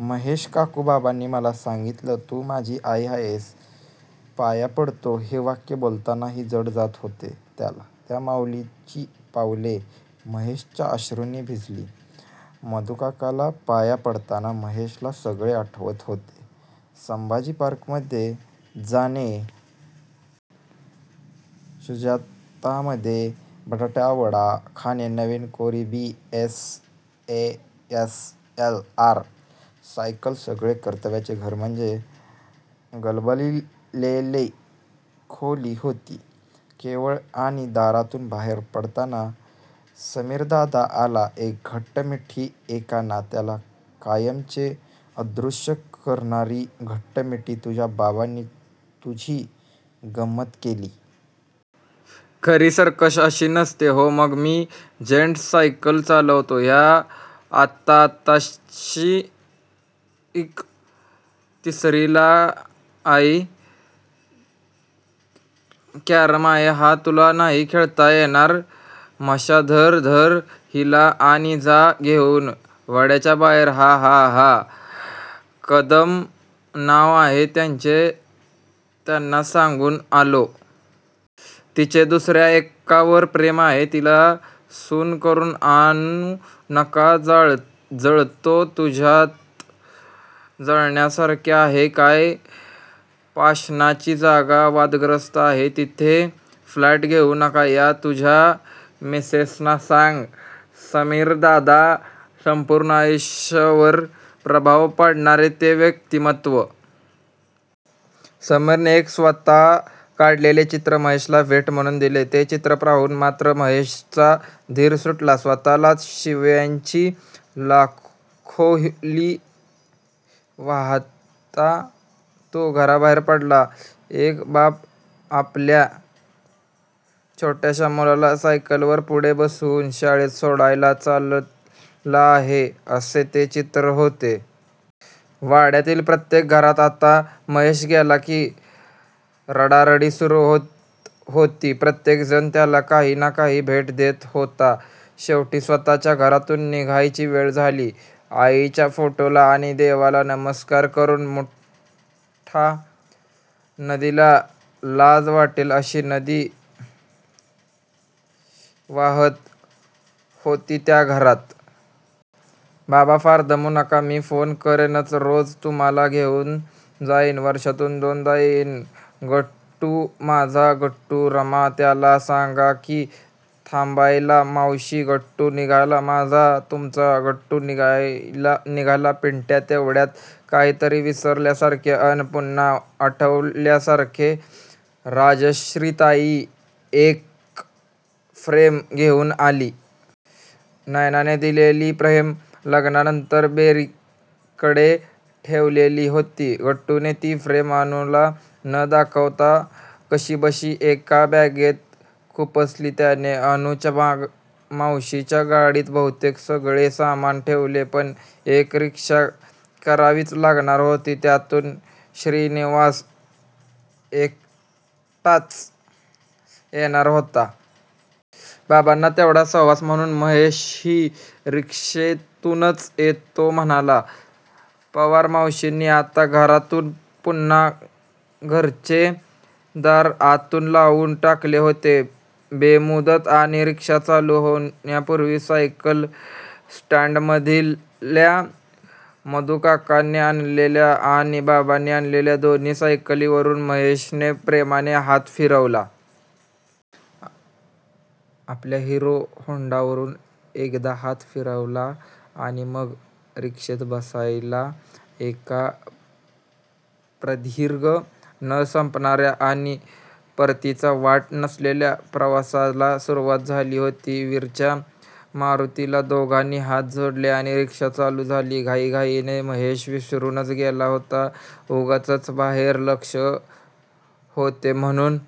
महेश काकू बाबांनी मला सांगीतले. तू माझी आई आहेस. पाया पडतो. हे वाक्य बोलतानाही जड जात होते त्याला! त्या माउलीची पावले महेशच्या अश्रुंनी भिजली. मधूकाकाला पाया पडताना महेशला सगळे आठवत होते. संभाजी पार्कमधे जाणे! सुजातामधे बटाटेवडा खाणे, नवी कोरी B. S. A. S. L. R. Cycle सगळे कर्व्यांचे घर म्हणजे गलबललेली खोली होती केवळ आणि दारातून बाहेर पडताना समीरदादा आला. एक घट्ट मिठी एका नात्याला कायमचे अदृष्य करणारी घट्ट मिठी तुझ्या बाबांनी तुझी गंमत केली. खरी सर्कस अशी नसतेच. हो मग? मी जेन्ट्स सायकलच चालवतो. ह्या हा आत्ताशिक तिसरीलाय. कॅरम आहे हा. तुला नाही खेळता येणार. म्हशा धर. धर हिला आणि जा घेऊन वाड्याच्या बाहेर हा हा हा हा, कदम नाव आहे त्यांचे त्यांना सांगून आलो. तिचे दुसर्या एकावर प्रेम आहे. तिला सून करून आणू नका. जळतो? तुझ्यात जळण्यासारखे आहे काय? पाषाणची जागा वादग्रस्त आहे. तिथे फ्लॅट घेऊ नका. या तुझ्या मिसेसना सांग. समीरदादा! संपूर्ण आयुष्यावर प्रभाव पाडणारे ते व्यक्तीमत्व! समीरने एक स्वतः काढलेले चित्र महेशला भेट म्हणून दिले. ते चित्र पाहून मात्र महेशचा धीर सुटला. स्वतःलाच शिव्यांची लाखोली वाहात तो घराबाहेर पडला. एक बाप आपल्या छोट्याश्या मुलाला सायकलवर पुढे बसवून शाळेत सोडायला चालला आहे असे ते चित्र होते! वाड्यातील प्रत्येक घरात आता महेश गेला की रडारडी सुरू होत होती. प्रत्येक जण त्याला काही ना काही भेट देत होता. शेवटी स्वत:च्या घरातून निघायची वेळ झाली. आईच्या फोटोला आणि देवाला नमस्कार करून मुठा नदीला लाज वाटेल अशी नदी वाहात होती त्या घरात. बाबा फार दमू नका. मी फोन करेनच रोज तुम्हाला घेऊन जाईन. वर्षातून दोनदा येईन. गट्टू माझा गट्टू रमा त्याला सांग की. थांबायला मावशी गट्टू निघाला माझा तुमचा गट्टू निघाला. पिट्या तेवढ्यात काहीतरी विसरल्यासारखे अन पुन्हा आठवल्यासारखे राजश्रीताई एक फ्रेम घेऊन आली. नैनाने दिलेली फ्रेम लग्नानंतर बेरींकडे ठेवलेली होती गट्टूने! ती फ्रेम अनुला न दाखवताच कशीबशी एका बॅगेत खुपसली त्याने! अनुच्या मावशीच्या गाडीत बहुतेक सगळे सामान ठेवले. पण एक रिक्षा करावीच लागणार होती. त्यातून श्रीनिवास एकताच येणार होता. बाबांचा तेवढास सहवास म्हणून महेशही रिक्षेतूनच येतो म्हणाला. पवार मावशींनी आता पुन्हा घराचे दार आतून लावून टाकले होते. बेमुदत! आणि रिक्षा चालू होण्यापुर्वी सायकल स्टॅन्डमधल्या मधूकाकाने आणलेल्या आणि बाबांनी आणलेल्या दोन्ही सायकलींवरून महेशने प्रेमाने हात फिरवला. आपल्या हिरो होंडावरूनही एकदा हात फिरवला आणि मग रिक्षेत बसला. एका प्रदीर्घ, न संपणार्या आणि परतीची वाट नसलेल्या प्रवासाला सुरुवात झाली होती. वीराच्या मारुतीला दोघांनी हात जोडले आणि रिक्षा चालू झाली. घाईघाईत महेश विसरूनच गेला होता. उगाचच बाहेर लक्ष होते म्हणून!